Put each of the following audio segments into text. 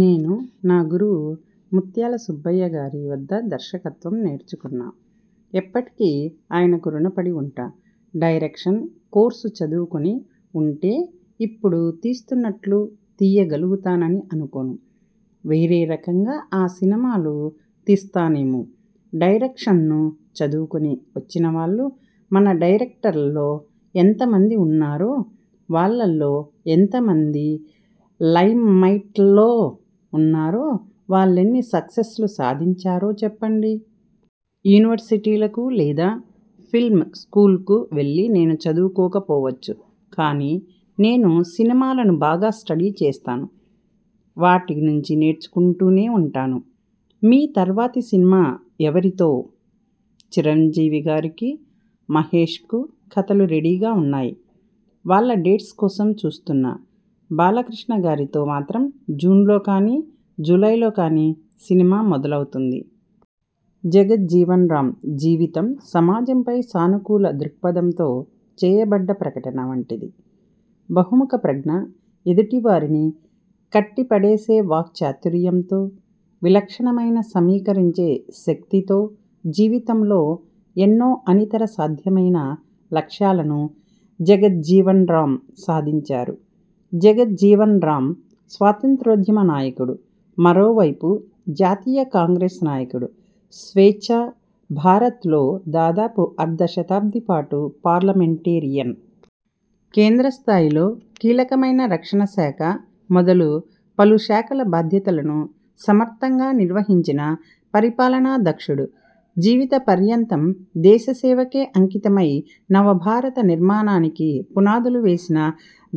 నేను నా గురువు ముత్యాల సుబ్బయ్యగారి వద్ద దర్శకత్వం నేర్చుకున్నా. ఎప్పటికీ ఆయనకు రుణపడి ఉంటా. డైరెక్షన్ కోర్సు చదువుకొని ఉంటే ఇప్పుడు తీస్తున్నట్లు తీయగలుగుతానని అనుకోను. వేరే రకంగా ఆ సినిమాలు తీస్తానేమో. డైరెక్షన్ను చదువుకొని వచ్చినవాళ్లు మన డైరెక్టర్లలో ఎంతమంది ఉన్నారో, వాళ్లలో ఎంతమంది లైమ్లైట్లో ఉన్నారో, వాళ్లెన్ని సక్సెస్లు సాధించారో చెప్పండి! యూనివర్శిటీలకు లేదా ఫిల్మ్ స్కూల్కు వెళ్లి నేను చదువుకోకపోవచ్చు. కానీ నేను సినిమాలను బాగా స్టడీ చేస్తాను. వాటి నుంచి నేర్చుకుంటూనే ఉంటాను. మీ తర్వాతి సినిమా ఎవరితో? చిరంజీవిగారికీ, మహేశ్కూ కథలు రెడీగా ఉన్నాయి. వాళ్ల డేట్స్ కోసం చూస్తున్నా. బాలకృష్ణగారితో మాత్రం జూన్లో కానీ, జూలైలో కానీ సినిమా మొదలవుతుంది. జగ్జీవన్రామ్ జీవితం సమాజంపై సానుకూల దృక్పథంతో చేయబడ్డ ప్రకటన వంటిది. బహుముఖ ప్రజ్ఞ, ఎదుటి వారిని కట్టిపడేసే వాక్చాతుర్యంతో, విలక్షణమైన సమీకరించే శక్తితో జీవితంలో ఎన్నో అనితర సాధ్యమైన లక్ష్యాలను జగ్జీవన్రామ్ సాధించారు. జగ్జీవన్రామ్ స్వాతంత్య్రోద్యమ నాయకుడు. మరోవైపు జాతీయ కాంగ్రెస్ నాయకుడు. స్వేచ్ఛా భారత్లో దాదాపు అర్ధ శతాబ్ది పాటు పార్లమెంటేరియన్. కేంద్ర స్థాయిలో కీలకమైన రక్షణ శాఖ మొదలు పలుశాఖల బాధ్యతలను సమర్థంగా నిర్వహించిన పరిపాలనాదక్షుడు. జీవిత పర్యంతం దేశ సేవకే అంకితమై నవభారత నిర్మాణానికి పునాదులు వేసిన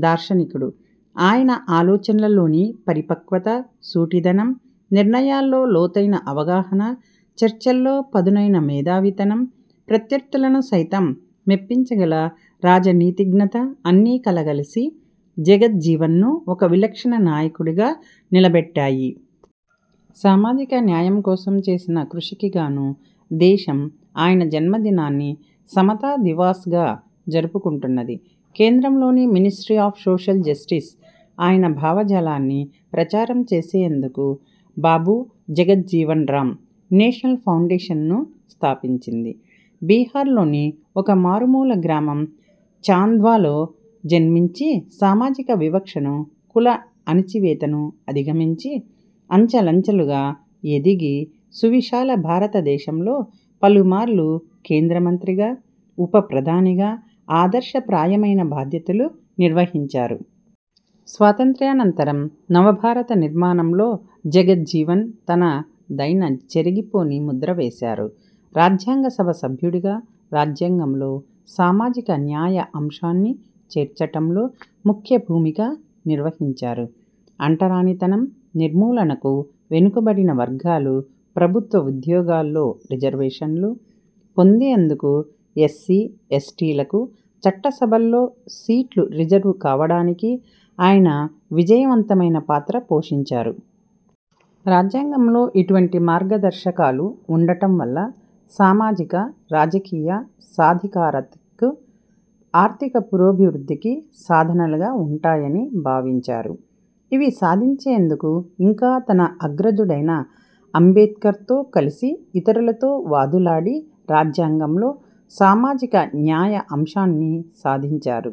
దార్శనికుడు. ఆయన ఆలోచనల్లోని పరిపక్వత, సూటిదనం, నిర్ణయాల్లో లోతైన అవగాహన, చర్చల్లో పదునైన మేధావితనం ప్రత్యర్థులను సైతం మెప్పించగల రాజనీతిజ్ఞత అన్నీ కలగలిసి జగ్జీవన్ను ఒక విలక్షణ నాయకుడిగా నిలబెట్టాయి. సామాజిక న్యాయం కోసం చేసిన కృషికిగాను దేశం ఆయన జన్మదినాన్ని 'సమతా దివాస్' గా జరుపుకుంటున్నది. కేంద్రంలోని 'మినిస్ట్రీ ఆఫ్ సోషల్ జస్టిస్' ఆయన భావజాలాన్ని ప్రచారం చేసేందుకు 'బాబూ జగ్జీవన్రామ్ నేషనల్ ఫౌండేషన్'ను స్థాపించింది. బీహార్లోని ఒక మారుమూల గ్రామం 'ఛాంద్వ'లో జన్మించి సామాజిక వివక్షను, కుల అణచివేతను అధిగమించి అంచెలంచెలుగా ఎదిగి సువిశాల భారత దేశంలో పలుమార్లు కేంద్ర మంత్రిగా, ఉప ప్రధానిగా ఆదర్శప్రాయమైన బాధ్యతలు నిర్వహించారు. స్వాతంత్య్రానంతరం నవభారత నిర్మాణంలో జగ్జీవన్ తనదైన చెరిగిపోని ముద్ర వేశారు. రాజ్యాంగ సభ సభ్యుడిగా రాజ్యాంగంలో సామాజిక న్యాయ అంశాన్ని చేర్చటంలో ముఖ్య భూమిక నిర్వహించారు. అంటరాని తనం నిర్మూలనకు, వెనుకబడిన వర్గాలు ప్రభుత్వ ఉద్యోగాల్లో రిజర్వేషన్లు పొందేందుకు ఎస్సీ ఎస్టీలకు చట్టసభల్లో సీట్లు రిజర్వు కావడానికి ఆయన విజయవంతమైన పాత్ర పోషించారు. రాజ్యాంగంలో ఇటువంటి మార్గదర్శకాలు ఉండటం వల్ల సామాజిక -రాజకీయ సాధికారితకు, ఆర్థిక పురోభివృద్ధికి సాధనాలుగా ఉంటాయని భావించారు. ఇవి సాధించేందుకు ఇంకా తన అగ్రజుడైన ఆంబేడ్కర్తో కలిసి ఇతరులతో వాదులాడి రాజ్యాంగంలో సామాజిక న్యాయ అంశాన్ని సాధించారు.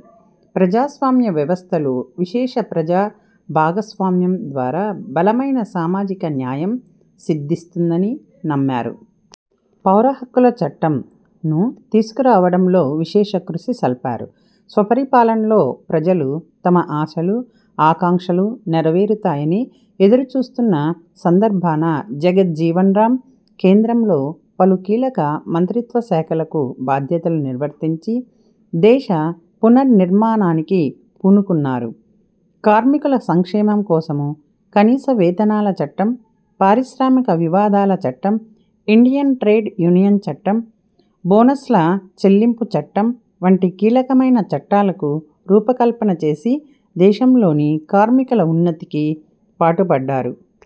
ప్రజాస్వామ్య వ్యవస్థలో విశేష ప్రజాభాగస్వామ్యం ద్వారా బలమైన సామాజిక న్యాయం సిద్ధిస్తుందని నమ్మారు. పౌరహక్కుల చట్టం– ను తీసుకురావడంలో విశేష కృషి సల్పారు. స్వపరిపాలనలో ప్రజలు తమ ఆశలు, ఆకాంక్షలు నెరవేరుతాయని ఎదురుచూస్తున్న సందర్భాన జగ్జీవన్రామ్ కేంద్రంలో పలు కీలక మంత్రిత్వశాఖలకు బాధ్యతలు నిర్వర్తించి దేశ పునర్నిర్మాణానికి పూనుకున్నారు. కార్మికుల సంక్షేమం కోసం కనీస వేతనాల చట్టం, పారిశ్రామిక వివాదాల చట్టం, ఇండియన్ ట్రేడ్ యూనియన్ చట్టం, బోనస్ల చెల్లింపు చట్టం వంటి కీలకమైన చట్టాలకు రూపకల్పన చేసి దేశంలోని కార్మికుల ఉన్నతికి పాటుపడ్డారు.